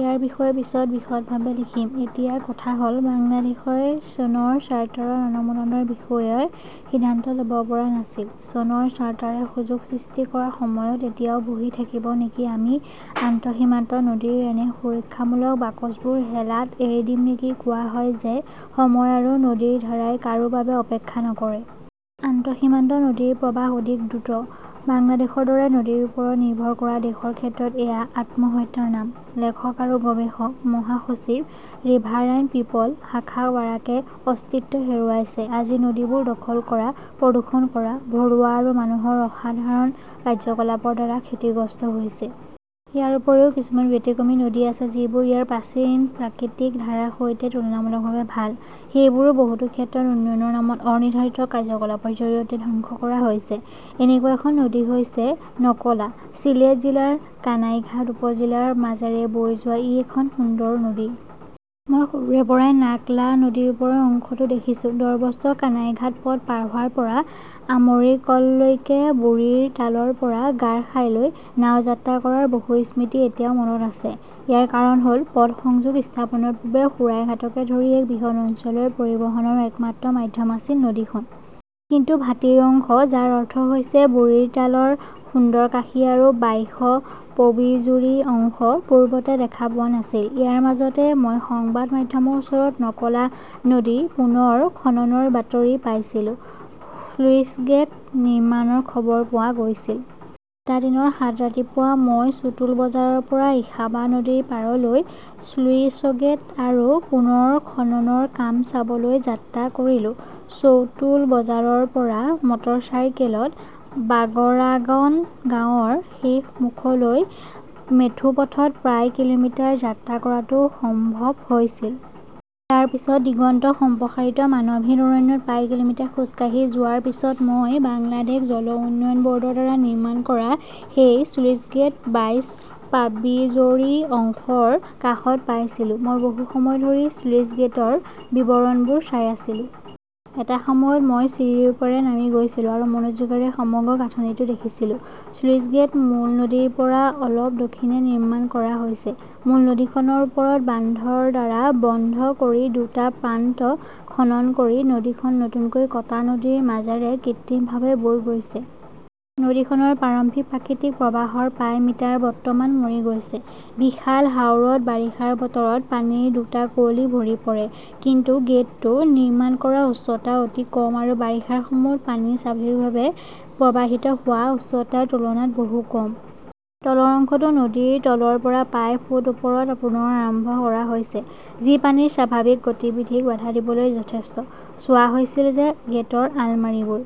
ইয়াৰ বিষয়ে পিছত বিশদভাৱে লিখিম। এতিয়া কথা হ 'ল-বাংলাদেশই চনৰ চাৰ্টাৰত অনুমোদনৰ বিষয়ে সিদ্ধান্ত ল'ব পৰা নাছিল। চনৰ চাৰ্টাৰে সুযোগ সৃষ্টি কৰাৰ সময়ত এতিয়াও বহি থাকিব নেকি আমি আন্তঃসীমান্ত নদীৰ এনে সুৰক্ষামূলক বাকচবোৰ হেলাত এৰি দিম নেকি কোৱা হয় যে সময় আৰু নদীৰ ধাৰাই কাৰো বাবে অপেক্ষা নকৰে। আন্তঃসীমান্ত নদীৰ প্ৰবাহ অধিক দ্ৰুত। বাংলাদেশৰ দৰে নদীৰ ওপৰত নিৰ্ভৰ কৰা দেশৰ ক্ষেত্ৰত এয়া আত্মহত্যাৰ নাম। লেখক আৰু গৱেষক; মহাসচিব, ৰিভাৰাইন পিপল । শাখা বাৰাকে অস্তিত্ব হেৰুৱাইছে আজি নদীবোৰ দখল কৰা, প্ৰদূষণ কৰা, ভৰোৱা আৰু মানুহৰ অসাধাৰণ কাৰ্যকলাপৰ দ্বাৰা ক্ষতিগ্ৰস্ত হৈছে। ইয়াৰ উপৰিও কিছুমান ব্যতিক্ৰমী নদী আছে যিবোৰ ইয়াৰ প্ৰাচীন প্ৰাকৃতিক ধাৰাৰ সৈতে তুলনামূলকভাৱে ভাল। সেইবোৰো বহুতো ক্ষেত্ৰত উন্নয়নৰ নামত অনিৰ্ধাৰিত কাৰ্যকলাপৰ জৰিয়তে ধ্বংস কৰা হৈছে। এনেকুৱা এখন নদী হৈছে নকলা। ছিলেট জিলাৰ কানাইঘাট উপ-জিলাৰ মাজেৰে বৈ যোৱা ই এখন সুন্দৰ নদী। মই সৰুৰে পৰাই নাক্লা নদীৰ ওপৰৰ অংশটো দেখিছোঁ, দৰ্বস্ত-কানাইঘাট পথ পাৰ হোৱাৰ পৰা আমৰিকললৈকে। বুৰিৰতালৰ পৰা গাৰখাইলৈ নাও যাত্ৰা কৰাৰ বহু স্মৃতি এতিয়াও মনত আছে। ইয়াৰ কাৰণ হ’ল, পথ সংযোগ স্থাপনৰ পূৰ্বে সুৰাইঘাটকে ধৰি এক বৃহৎ অঞ্চলৰ পৰিবহণৰ একমাত্ৰ মাধ্যম আছিল নদীখন। কিন্তু ভাটিৰ অংশ, যাৰ অৰ্থ হৈছে বুৰিৰতাল ৰ সুন্দৰকাশী আৰু বাইশ-পবিজুৰী অংশ, পূৰ্বতে দেখা পোৱা নাছিল। ইয়াৰ মাজতে মই সংবাদ মাধ্যমৰ ওচৰত নকলা নদী পুনৰ খননৰ বাতৰি পাইছিলো। স্লুইছগেট নিৰ্মাণৰ খবৰ পোৱা গৈছিল। এটা দিনৰ সাত ৰাতিপুৱা মই চুটুল বজাৰৰ পৰা ইসাবা নদীৰ পাৰলৈ স্লুইচগেট আৰু পুনৰ খননৰ কাম চাবলৈ যাত্ৰা কৰিলো। চৌটুল বজাৰৰ পৰা মটৰচাইকেলত বাগৰাগন গাঁৱৰ শেষ মুখলৈ মেথোপথত প্ৰায় কিলোমিটাৰ যাত্ৰা কৰাটো সম্ভৱ হৈছিল। তাৰ পিছত দিগন্ত-সম্প্ৰসাৰিত মানৱহীন অৰণ্যত প্ৰায় কিলোমিটাৰ খোজ কাঢ়ি যোৱাৰ পিছত মই বাংলাদেশ জল উন্নয়ন বৰ্ডৰ দ্বাৰা নিৰ্মাণ কৰা সেই 'স্লুইছগেট বাইছ-পাবিজৌৰী অংশৰ কাষত পাইছিলো। মই বহু সময় ধৰি স্লুইছগেটৰ বিৱৰণবোৰ চাই আছিলো। এটা সময়ত মই চিৰিৰ ওপৰেৰে নামি গৈছিলো আৰু মনোযোগৰে সমগ্ৰ গাঁথনিটো দেখিছিলোঁ। স্লুইছগেট মূল নদীৰ পৰা অলপ দক্ষিণে নিৰ্মাণ কৰা হৈছে। মূল নদীখনৰ ওপৰত বান্ধৰ দ্বাৰা বন্ধ কৰি দুটা প্ৰান্ত খনন কৰি নদীখন নতুনকৈ কটা নদীৰ মাজেৰে কৃত্ৰিমভাৱে বৈ গৈছে। নদীখনৰ প্ৰাৰম্ভিক প্ৰাকৃতিক প্ৰৱাহৰ প্ৰায় মিটাৰ বৰ্তমান মৰি গৈছে। বিশাল হাওৰত বাৰিষাৰ বতৰত পানীৰ দুটা কুঁৱলী ভৰি পৰে। কিন্তু গেটটো নিৰ্মাণ কৰা উচ্চতা অতি কম আৰু বাৰিষাৰ সময়ত পানী স্বাভাৱিকভাৱে প্ৰৱাহিত হোৱা উচ্চতাৰ তুলনাত বহু কম। তলৰ অংশটো নদীৰ তলৰ পৰা প্ৰায় ফুট ওপৰত পুনৰ আৰম্ভ কৰা হৈছে, যি পানীৰ স্বাভাৱিক গতিবিধিক বাধা দিবলৈ যথেষ্ট। চোৱা হৈছিল যে গেটৰ আলমাৰীবোৰ